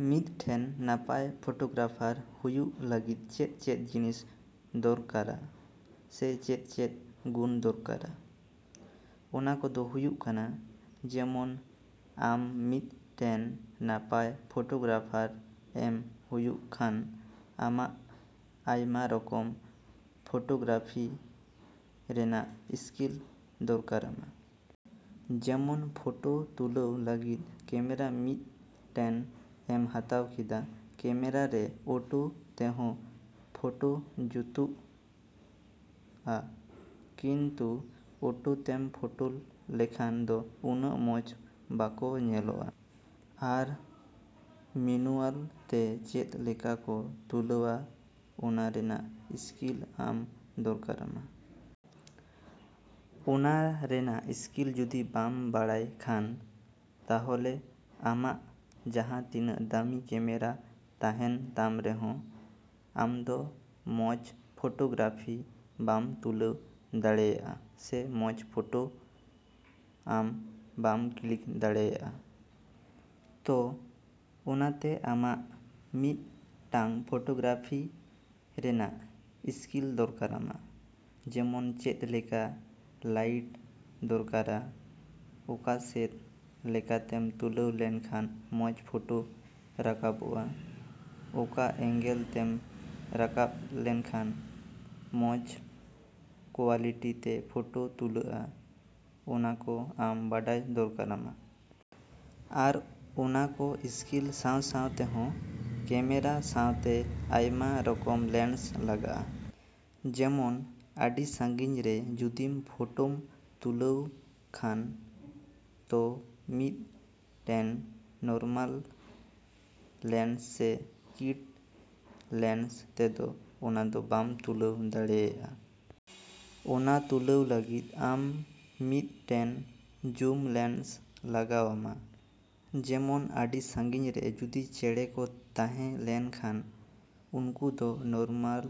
ᱢᱤᱫ ᱴᱮᱱ ᱱᱟᱯᱟᱭ ᱯᱷᱳᱴᱳᱜᱨᱟᱯᱷᱟᱨ ᱦᱳᱭᱳᱜ ᱞᱟᱹᱜᱤᱫ ᱪᱮᱫ ᱪᱮᱫ ᱡᱤᱱᱤᱥ ᱫᱚᱨᱠᱟᱨᱟ ᱥᱮ ᱪᱮᱫ ᱪᱮᱫ ᱜᱩᱱ ᱫᱚᱨᱠᱟᱨᱟ? ᱚᱱᱟ ᱠᱚᱫᱚ ᱦᱳᱭᱳᱜ ᱠᱟᱱᱟ ᱡᱮᱢᱚᱱ ᱟᱢ ᱢᱤᱫ ᱴᱮᱱ ᱱᱟᱯᱟᱭ ᱯᱷᱳᱴᱳᱜᱨᱟᱯᱷᱟᱨ ᱮᱢ ᱦᱳᱭᱳᱜ ᱠᱷᱟᱱ, ᱟᱢᱟᱜ ᱟᱭᱢᱟ ᱨᱚᱠᱚᱢ ᱯᱷᱳᱴᱳᱜᱨᱟᱯᱷᱤ ᱨᱮᱱᱟᱜ ᱥᱠᱤᱞ ᱫᱚᱨᱠᱟᱨᱟᱢᱟ᱾ ᱡᱮᱢᱚᱱ ᱯᱷᱳᱴᱳ ᱛᱩᱞᱟᱹᱣ ᱞᱟᱹᱜᱤᱫ ᱠᱮᱢᱮᱨᱟ ᱢᱤᱫ ᱴᱮᱱ ᱮᱢ ᱦᱟᱛᱟᱣ ᱠᱮᱫᱟ᱾ ᱠᱮᱢᱮᱨᱟ ᱨᱮ ᱚᱴᱳ ᱛᱮᱦᱚᱸ ᱯᱷᱳᱴᱳ ᱡᱩᱛᱚᱜᱼᱟ ᱠᱤᱱᱛᱩ ᱚᱴᱳ ᱛᱮᱢ ᱯᱷᱳᱴᱳ ᱞᱮᱠᱷᱟᱱ ᱫᱚ ᱩᱱᱟᱹᱜ ᱢᱚᱸᱡᱽ ᱵᱟᱠᱚ ᱧᱮᱞᱚᱜᱼᱟ᱾ ᱟᱨ ᱢᱤᱱᱩᱣᱟᱞ ᱛᱮ ᱪᱮᱫ ᱞᱮᱠᱟ ᱠᱚ ᱛᱩᱞᱟᱹᱣᱟ ᱚᱱᱟ ᱨᱮᱱᱟᱜ ᱥᱠᱤᱞ ᱟᱢ ᱫᱚᱨᱠᱟᱨᱟᱢᱟ᱾ ᱚᱱᱟ ᱨᱮᱱᱟᱜ ᱥᱠᱤᱞ ᱡᱚᱫᱤ ᱵᱟᱢ ᱵᱟᱲᱟᱭ ᱠᱷᱟᱱ ᱛᱟᱦᱚᱞᱮ ᱟᱢᱟᱜ ᱡᱟᱦᱟᱸ ᱛᱤᱱᱟᱹᱜ ᱫᱟᱹᱢᱤ ᱠᱮᱢᱮᱨᱟ ᱛᱟᱦᱮᱱ ᱛᱟᱢ ᱨᱮᱦᱚᱸ ᱟᱢᱫᱚ ᱢᱚᱸᱡᱽ ᱯᱷᱳᱴᱳᱜᱨᱟᱯᱷᱤ ᱵᱟᱢ ᱛᱩᱞᱟᱹᱣ ᱫᱟᱲᱮᱹᱭᱟᱜ ᱥᱮ ᱢᱚᱸᱡᱽ ᱯᱷᱳᱴᱳ ᱟᱢ ᱵᱟᱢ ᱠᱞᱤᱠ ᱫᱟᱲᱮᱹᱭᱟᱜᱼᱟ᱾ ᱛᱚ ᱚᱱᱟᱛᱮ ᱟᱢᱟᱜ ᱢᱤᱫ ᱴᱟᱝ ᱯᱷᱳᱴᱳᱜᱨᱟᱯᱷᱤ ᱨᱮᱱᱟᱜ ᱥᱠᱤᱞ ᱫᱚᱨᱠᱟᱨᱟᱢᱟ ᱡᱮᱢᱚᱱ ᱪᱮᱫ ᱞᱮᱠᱟ ᱞᱟᱭᱤᱴ ᱫᱚᱨᱠᱟᱨᱟ, ᱚᱠᱟ ᱥᱮᱫ ᱞᱮᱠᱟᱛᱮᱢ ᱛᱩᱞᱟᱹᱣ ᱞᱮᱠᱷᱟᱱ ᱢᱚᱸᱡᱽ ᱯᱷᱳᱴᱳ ᱨᱟᱠᱟᱵᱚᱜᱼᱟ, ᱚᱠᱟ ᱮᱝᱜᱮᱞ ᱛᱮᱢ ᱨᱟᱠᱟᱵ ᱞᱮᱠᱷᱟᱱ ᱢᱚᱸᱡᱽ ᱠᱳᱣᱟᱞᱤᱴᱤ ᱛᱮ ᱯᱷᱳᱴᱳ ᱛᱩᱞᱟᱹᱜᱼᱟ, ᱚᱱᱟᱠᱚ ᱟᱢ ᱵᱟᱰᱟᱭ ᱫᱚᱨᱠᱟᱨᱟᱢᱟ᱾ ᱟᱨ ᱚᱱᱟ ᱠᱚ ᱥᱠᱤᱞ ᱥᱟᱶ ᱥᱟᱶᱛᱮᱦᱚᱸ ᱠᱮᱢᱮᱨᱟ ᱥᱟᱶᱛᱮ ᱟᱭᱢᱟ ᱨᱚᱠᱚᱢ ᱞᱮᱱᱥ ᱞᱟᱜᱟᱜᱼᱟ᱾ ᱡᱮᱢᱚᱱ ᱟᱹᱰᱤ ᱥᱟᱹᱜᱤᱧ ᱨᱮ ᱡᱩᱫᱤᱢ ᱯᱷᱳᱴᱳᱢ ᱛᱩᱞᱟᱹᱣ ᱠᱷᱟᱱ ᱛᱚ ᱢᱤᱫ ᱴᱮᱱ ᱱᱚᱨᱢᱟᱞ ᱞᱮᱱᱥ ᱥᱮ ᱠᱤᱴ ᱞᱮᱱᱥ ᱛᱮᱫᱚ ᱚᱱᱟ ᱫᱚ ᱵᱟᱢ ᱛᱩᱞᱟᱹᱣ ᱫᱟᱲᱮᱹᱭᱟᱜᱼᱟ᱾ ᱚᱱᱟ ᱛᱩᱞᱟᱹᱣ ᱞᱟᱹᱜᱤᱫ ᱟᱢ ᱢᱤᱫ ᱴᱮᱱ ᱡᱩᱢ ᱞᱮᱱᱥ ᱞᱟᱜᱟᱣ ᱟᱢᱟ᱾ ᱡᱮᱢᱚᱱ ᱟᱹᱰᱤ ᱥᱟᱹᱜᱤᱧ ᱨᱮ ᱡᱩᱫᱤ ᱪᱮᱬᱮ ᱠᱚ ᱛᱟᱦᱮᱸ ᱞᱮᱱ ᱠᱷᱟᱱ ᱩᱱᱠᱩ ᱫᱚ ᱱᱚᱨᱢᱟᱞ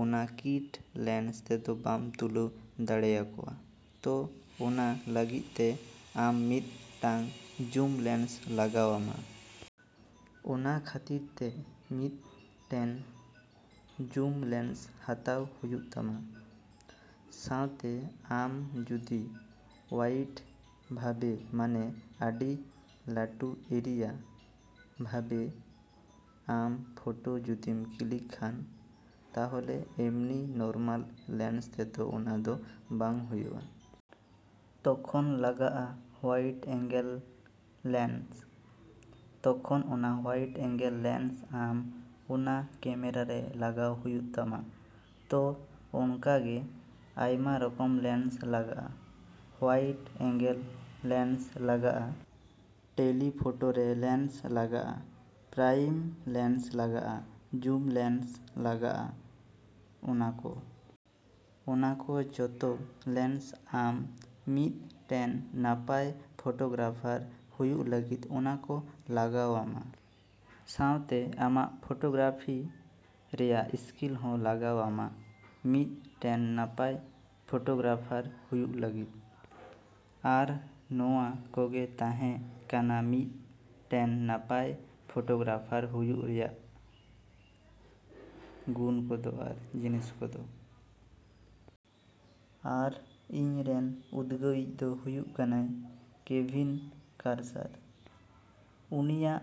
ᱚᱱᱟ ᱠᱤᱴ ᱞᱮᱱᱥ ᱛᱮᱫᱚ ᱵᱟᱢ ᱛᱩᱞᱟᱹᱣ ᱫᱟᱲᱮᱭᱟᱠᱚᱣᱟ᱾ ᱛᱚ ᱚᱱᱟ ᱞᱟᱹᱜᱤᱫ ᱛᱮ ᱟᱢ ᱢᱤᱫ ᱴᱟᱝ ᱡᱩᱢ ᱞᱮᱱᱥ ᱞᱟᱜᱟᱣ ᱟᱢᱟ᱾ ᱚᱱᱟ ᱠᱷᱟᱹᱛᱤᱨ ᱛᱮ ᱢᱤᱫ ᱴᱮᱱ ᱡᱩᱢ ᱞᱮᱱᱥ ᱦᱟᱛᱟᱣ ᱦᱳᱭᱳᱜ ᱛᱟᱢᱟ᱾ ᱥᱟᱶᱛᱮ ᱟᱢ ᱡᱚᱫᱤ ᱚᱣᱟᱭᱤᱰ ᱵᱷᱟᱵᱮ ᱢᱟᱱᱮ ᱟᱹᱰᱤ ᱞᱟᱹᱴᱩ ᱮᱨᱤᱭᱟ ᱵᱷᱟᱵᱮ ᱟᱢ ᱯᱷᱳᱴᱳ ᱡᱚᱫᱤᱢ ᱠᱞᱤᱠ ᱠᱷᱟᱱ ᱛᱟᱦᱚᱞᱮ ᱮᱢᱱᱤ ᱱᱚᱨᱢᱟᱞ ᱞᱮᱱᱥ ᱛᱮᱫᱚ ᱚᱱᱟ ᱫᱚ ᱵᱟᱝ ᱦᱳᱭᱳᱜᱼᱟ᱾ ᱛᱚᱠᱷᱚᱱ ᱞᱟᱜᱟᱜᱼᱟ ᱦᱳᱣᱟᱭᱤᱴ ᱮᱝᱜᱮᱞ ᱞᱮᱱᱥ᱾ ᱛᱚᱠᱷᱚᱱ ᱚᱱᱟ ᱦᱳᱣᱟᱭᱤᱴ ᱮᱝᱜᱮᱞ ᱞᱮᱱᱥ ᱟᱢ ᱚᱱᱟ ᱠᱮᱢᱮᱨᱟ ᱨᱮ ᱞᱟᱜᱟᱣ ᱦᱳᱭᱳᱜ ᱛᱟᱢᱟ᱾ ᱛᱚ ᱚᱱᱠᱟ ᱜᱮ ᱟᱭᱢᱟ ᱨᱚᱠᱚᱢ ᱞᱮᱱᱥ ᱞᱟᱜᱟᱜᱼᱟ᱾ ᱦᱳᱣᱟᱭᱤᱴ ᱮᱝᱜᱮᱞ ᱞᱮᱱᱥ ᱞᱟᱜᱟᱜᱼᱟ, ᱴᱮᱞᱤ ᱯᱷᱳᱴᱳ ᱨᱮ ᱞᱮᱱᱥ ᱞᱟᱜᱟᱜᱼᱟ, ᱯᱨᱟᱭᱤᱢ ᱞᱮᱱᱥ ᱞᱟᱜᱟᱜᱼᱟ, ᱡᱩᱢ ᱞᱮᱱᱥ ᱞᱟᱜᱟᱜᱼᱟ ᱚᱱᱟᱠᱚ᱾ ᱚᱱᱟ ᱠᱚ ᱡᱷᱚᱛᱚ ᱞᱮᱱᱥ ᱟᱢ ᱢᱤᱫ ᱴᱮᱱ ᱱᱟᱯᱟᱭ ᱯᱷᱳᱴᱳᱜᱨᱟᱯᱷᱟᱨ ᱦᱳᱭᱳᱜ ᱞᱟᱹᱜᱤᱫ ᱚᱱᱟᱠᱚ ᱞᱟᱜᱟᱣ ᱟᱢᱟ᱾ ᱥᱟᱶᱛᱮ ᱟᱢᱟᱜ ᱯᱷᱳᱴᱳᱜᱨᱟᱯᱷᱤ ᱨᱮᱭᱟᱜ ᱥᱠᱤᱞ ᱦᱚᱸ ᱞᱟᱜᱟᱣ ᱟᱢᱟ ᱢᱤᱫ ᱴᱮᱱ ᱱᱟᱯᱟᱭ ᱯᱷᱳᱴᱳᱜᱨᱟᱯᱷᱟᱨ ᱦᱳᱭᱳᱜ ᱞᱟᱹᱜᱤᱫ᱾ ᱟᱨ ᱱᱚᱶᱟ ᱠᱚᱜᱮ ᱛᱟᱦᱮᱸ ᱠᱟᱱᱟ ᱢᱤᱫ ᱴᱮᱱ ᱱᱟᱯᱟᱭ ᱯᱷᱳᱴᱳᱜᱨᱟᱯᱷᱟᱨ ᱦᱳᱭᱳᱜ ᱨᱮᱱᱟᱜ ᱜᱩᱱ ᱠᱚᱫᱚ ᱟᱨ ᱡᱤᱱᱤᱥ ᱠᱚᱫᱚ᱾ ᱟᱨ ᱤᱧ ᱨᱮᱱ ᱩᱫᱜᱟᱹᱣ ᱤᱡ ᱫᱚ ᱦᱳᱭᱳᱜ ᱠᱟᱱᱟ ᱠᱮᱵᱷᱤᱱ ᱠᱟᱨᱥᱟᱨ᱾ ᱩᱱᱤᱭᱟᱜ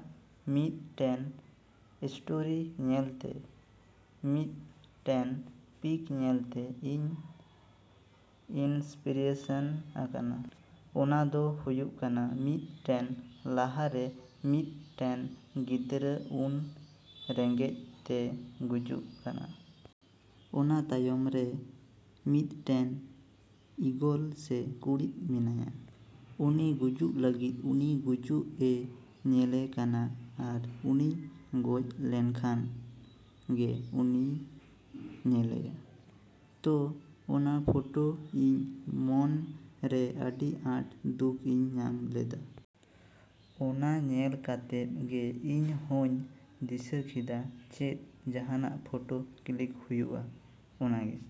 ᱢᱤᱫ ᱴᱮᱱ ᱥᱴᱳᱨᱤ ᱧᱮᱞᱛᱮ, ᱢᱤᱫ ᱴᱮᱱ ᱯᱤᱠ ᱧᱮᱞᱛᱮ ᱤᱧ ᱤᱱᱥᱯᱨᱮᱥᱮᱱ ᱟᱠᱟᱱᱟ᱾ ᱚᱱᱟ ᱫᱚ ᱦᱩᱭᱩᱜ ᱠᱟᱱᱟ ᱢᱤᱫ ᱴᱮᱱ ᱞᱟᱦᱟ ᱨᱮ ᱢᱤᱫ ᱴᱮᱱ ᱜᱤᱫᱽᱨᱟᱹ ᱩᱱ ᱨᱮᱸᱜᱮᱡ ᱛᱮ ᱜᱩᱡᱩᱜ ᱠᱟᱱᱟ᱾ ᱚᱱᱟ ᱛᱟᱭᱚᱢ ᱨᱮ ᱢᱤᱫ ᱴᱮᱱ ᱤᱜᱚᱞ ᱥᱮ ᱠᱩᱲᱤᱫ ᱢᱮᱱᱟᱭᱟ᱾ ᱩᱱᱤ ᱜᱩᱡᱩᱜ ᱞᱟᱹᱜᱤᱫ ᱩᱱᱤ ᱜᱩᱡᱩᱜ ᱮ ᱧᱮᱞᱮ ᱠᱟᱱᱟ ᱟᱨ ᱩᱱᱤ ᱜᱚᱡ ᱞᱮᱱᱠᱷᱟᱱ ᱜᱮ ᱩᱱᱤᱭ ᱧᱮᱞᱮᱭᱟ᱾ ᱛᱚ ᱚᱱᱟ ᱯᱷᱳᱴᱳ ᱤᱧ ᱢᱚᱱ ᱨᱮ ᱟᱹᱰᱤ ᱟᱸᱴ ᱫᱩᱠ ᱤᱧ ᱧᱟᱢ ᱞᱮᱫᱟ᱾ ᱚᱱᱟ ᱧᱮᱞ ᱠᱟᱛᱮᱫ ᱜᱮ ᱤᱧ ᱦᱚᱸᱧ ᱫᱤᱥᱟᱹ ᱠᱮᱫᱟ ᱪᱮᱫ ᱡᱟᱦᱟᱱᱟᱜ ᱯᱷᱳᱴᱳ ᱠᱞᱤᱠ ᱦᱳᱭᱳᱜᱼᱟ᱾ ᱚᱱᱟᱜᱮ।